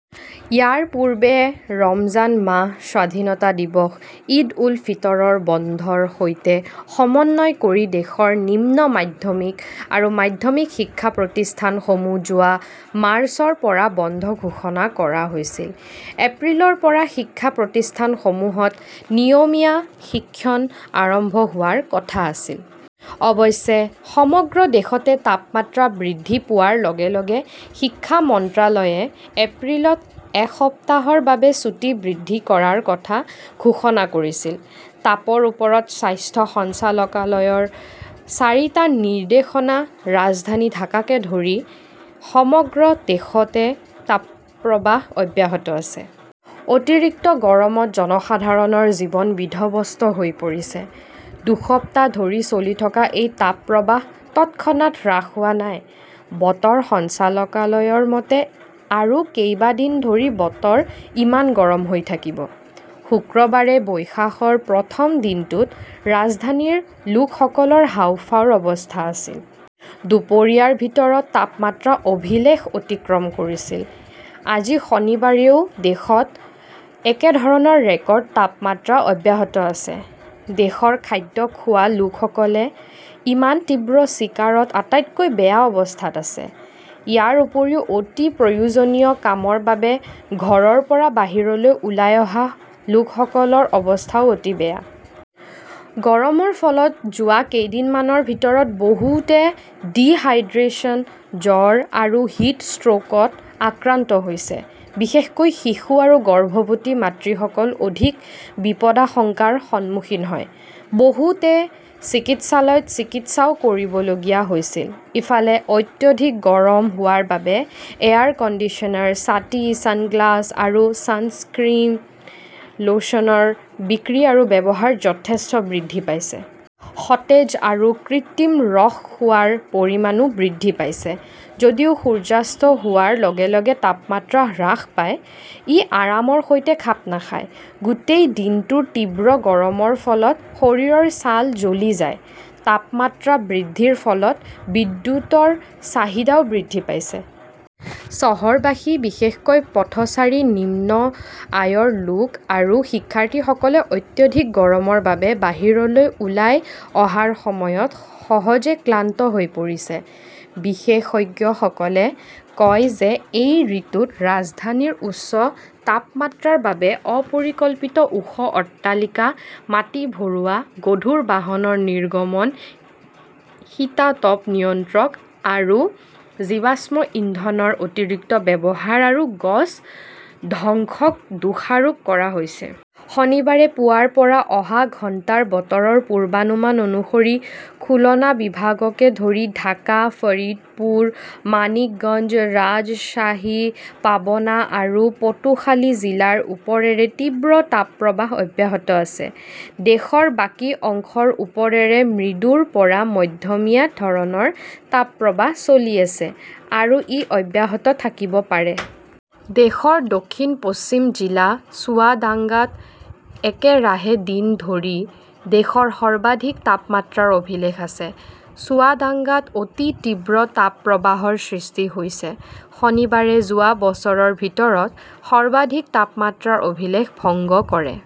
ইয়াৰ পূৰ্বে ৰমজান মাহ, স্বাধীনতা দিৱস, ঈদ-উল-ফিতৰৰ বন্ধৰ সৈতে সমন্বয় কৰি দেশৰ নিম্ন মাধ্যমিক আৰু মাধ্যমিক শিক্ষা প্ৰতিষ্ঠানসমূহ যোৱা মাৰ্চৰ পৰা বন্ধ ঘোষণা কৰা হৈছিল। এপ্ৰিলৰ পৰা শিক্ষা প্ৰতিষ্ঠানসমূহত নিয়মীয়া শিক্ষণ আৰম্ভ হোৱাৰ কথা আছিল। অৱশ্যে, সমগ্ৰ দেশতে তাপমাত্ৰা বৃদ্ধি পোৱাৰ লগে লগে শিক্ষা মন্ত্ৰালয়ে এপ্ৰিলত এসপ্তাহৰ বাবে ছুটী বৃদ্ধি কৰাৰ কথা ঘোষণা কৰিছিল। তাপৰ ওপৰত স্বাস্থ্য সঞ্চালকালয়ৰ চাৰিটা নিৰ্দেশনা ৰাজধানী ঢাকাকে ধৰি সমগ্ৰ দেশতে তাপপ্ৰৱাহ অব্যাহত আছে। অতিৰিক্ত গৰমত জনসাধাৰণৰ জীৱন বিধ্বস্ত হৈ পৰিছে। দুসপ্তাহ ধৰি চলি থকা এই তাপপ্ৰৱাহ তৎক্ষণাত হ্ৰাস হোৱা নাই। বতৰ সঞ্চালকালয়ৰ মতে আৰু কেইবা দিন ধৰি বতৰ ইমান গৰম হৈ থাকিব। শুক্ৰবাৰে বৈশাখৰ প্ৰথম দিনটোত ৰাজধানীৰ লোকসকলৰ হাঁওফাঁওৰ অৱস্থা আছিল। দুপৰীয়াৰ ভিতৰত তাপমাত্ৰা অভিলেখ অতিক্ৰম কৰিছিল। আজি শনিবাৰেও দেশত একেধৰণৰ ৰেকৰ্ড তাপমাত্ৰা অব্যাহত আছে। দেশৰ খাদ্য খোৱা লোকসকলে ইমান তীব্ৰ চিকাৰত আটাইতকৈ বেয়া অৱস্থাত আছে। ইয়াৰ উপৰিও অতি প্ৰয়োজনীয় কামৰ বাবে ঘৰৰ পৰা বাহিৰলৈ ওলাই অহা লোকসকলৰ অৱস্থাও অতি বেয়া। গৰমৰ ফলত যোৱা কেইদিনমানৰ ভিতৰত বহুতে ডিহাইড্ৰেচন, জ্বৰ আৰু হিট ষ্ট্ৰ'কত আক্ৰান্ত হৈছে। বিশেষকৈ শিশু আৰু গৰ্ভৱতী মাতৃসকল অধিক বিপদাশঙ্গাৰ সন্মুখীন হয়। বহুতে চিকিৎসালয়ত চিকিৎসাও কৰিবলগীয়া হৈছিল। ইফালে, অত্যাধিক গৰম হোৱাৰ বাবে এয়াৰ কণ্ডিছনাৰ, ছাতি, ছানগ্লাস আৰু ছানস্ক্ৰীন লোশনৰ বিক্ৰী আৰু ব্যৱহাৰ যথেষ্ট বৃদ্ধি পাইছে। সতেজ আৰু কৃত্ৰিম ৰস খোৱাৰ পৰিমাণো বৃদ্ধি পাইছে। যদিও সূৰ্যাস্ত হোৱাৰ লগে লগে তাপমাত্ৰা হ্ৰাস পায়, ই আৰামৰ সৈতে খাপ নাখায়। গোটেই দিনটোৰ তীব্ৰ গৰমৰ ফলত শৰীৰৰ ছাল জ্বলি যায়। তাপমাত্ৰা বৃদ্ধিৰ ফলত বিদ্যুৎৰ চাহিদাও বৃদ্ধি পাইছে। চহৰবাসী, বিশেষকৈ পথচাৰী, নিম্ন আয়ৰ লোক আৰু শিক্ষাৰ্থীসকলে অত্যাধিক গৰমৰ বাবে বাহিৰলৈ ওলাই অহাৰ সময়ত সহজে ক্লান্ত হৈ পৰিছে। বিশেষজ্ঞসকলে কয় যে, এই ঋতুত ৰাজধানীৰ উচ্চ তাপমাত্ৰাৰ বাবে অপৰিকল্পিত ওখ অট্টালিকা, মাটি ভৰোৱা, গধুৰ বাহনৰ নিৰ্গমন, শীতাতপ নিয়ন্ত্ৰক আৰু জীৱাশ্ম ইন্ধনৰ অতিৰিক্ত ব্যৱহাৰ আৰু গছ ধ্বংসক দোষাৰোপ কৰা হৈছে। শনিবাৰে পুৱাৰ পৰা অহা ঘণ্টাৰ বতৰৰ পূৰ্বানুমান অনুসৰি, খুলনা বিভাগকে ধৰি ঢাকা, ফৰিদপুৰ, মানিকগঞ্জ, ৰাজশ্বাহী, পাবনা আৰু পটুখালি জিলাৰ ওপৰেৰে তীব্ৰ তাপপ্ৰৱাহ অব্যাহত আছে। দেশৰ বাকী অংশৰ ওপৰেৰে মৃদুৰ পৰা মধ্যমীয়া ধৰণৰ তাপপ্ৰৱাহ চলি আছে আৰু ই অব্যাহত থাকিব পাৰে। দেশৰ দক্ষিণ-পশ্চিম জিলা চুৱাডাঙ্গাত একেৰাহে দিন ধৰি দেশৰ সৰ্বাধিক তাপমাত্ৰাৰ অভিলেখ আছে। চুৱাডাঙ্গাত অতি তীব্ৰ তাপপ্ৰৱাহৰ সৃষ্টি হৈছে। শনিবাৰে যোৱা বছৰৰ ভিতৰত সৰ্বাধিক তাপমাত্ৰাৰ অভিলেখ ভংগ কৰে।